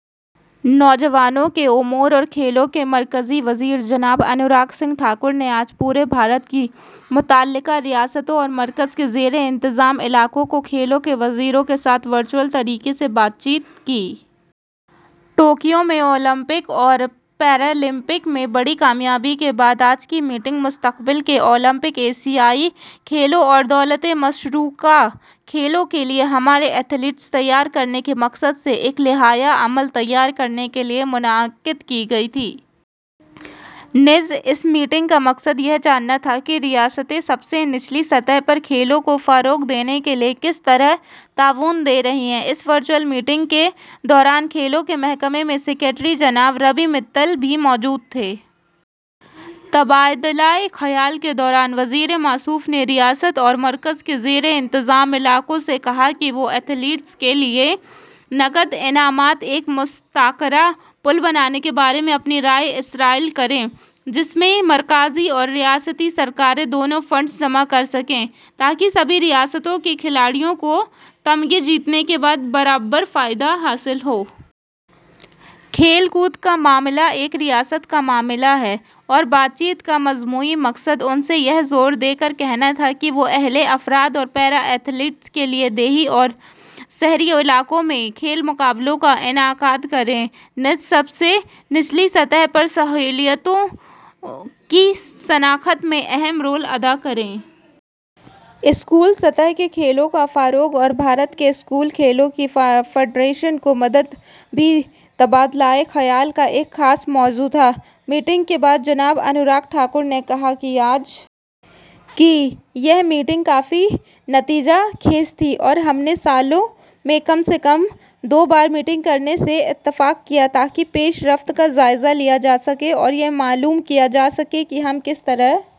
نوجوانوں کے امور اور کھیلوں کے مرکزی وزیر جناب انوراگ سنگھ ٹھاکر نے آج پورے بھارت کی متعلقہ ریاستوں اور مرکز کے زیر انتظام علاقوں کے کھیلوں کے وزیروں کے ساتھ ورچوئل طریقے سے بات چیت کی۔ ٹوکیو میں اولمپک اور پیرالمپک میں بڑی کامیابی کے بعد آج کی میٹنگ مستقبل کے اولمپک، ایشیائی کھیلوں اور دولت مشترکہ کھیلوں کے لیے ہمارے ایتھلیٹس تیار کرنے کے مقصد سے ایک لائحہ عمل تیار کرنے کے لیے منعقد کی گئی تھی۔ نیز اس میٹنگ کا مقصد یہ جاننا تھا کہ ریاستیں سب سے نچلی سطح پر کھیلوں کو فروغ دینے کے لیے کس طرح تعاون دے رہی ہیں۔ اس ورچوئل میٹنگ کے دوران کھیلوں کے محکمے کے سکریٹری جناب روی متل بھی موجود تھے۔ تبادلہ خیال کے دوران وزیر موصوف نے ریاستوں اور مرکز کے زیر انتظام علاقوں سے کہا کہ وہ ایتھلیٹس کے لیے نقد انعامات کا ایک مشترکہ پول بنانے کے بارے میں اپنی رائے ارسال کریں، جس میں مرکزی اور ریاستی سرکاریں دونوں فنڈز جمع کر سکیں، تاکہ سبھی ریاستوں کے کھلاڑیوں کو تمغے جیتنے کے بعد برابر فائدے حاصل ہوں۔ کھیل کود کا معاملہ ایک ریاست کا معاملہ ہے اور بات چیت کا مجموعی مقصد ان سے یہ زور دے کر کہنا تھا کہ وہ اہل افراد اور پیرا ایتھلیٹس کے لیے دیہی اور شہری علاقوں میں کھیل مقابلوں کا انعقاد کریں، نیز سب سے نچلی سطح پر صلاحیتوں کی شناخت میں اہم رول ادا کریں۔ اسکول سطح کے کھیلوں کا فروغ اور بھارت کی اسکول کھیلوں کی فیڈریشن کو مدد بھی تبادلہ خیال کا ایک خاص موضوع تھا۔ میٹنگ کے بعد جناب انوراگ ٹھاکر نے کہا کہ آج کی یہ میٹنگ کافی نتیجہ خیز تھی اور ہم نے سال میں کم از کم دو بار میٹنگ کرنے سے اتفاق کیا تاکہ پیش رفت کا جائزہ لیا جا سکے اور یہ معلوم کیا جا سکے کہ ہم کس طرح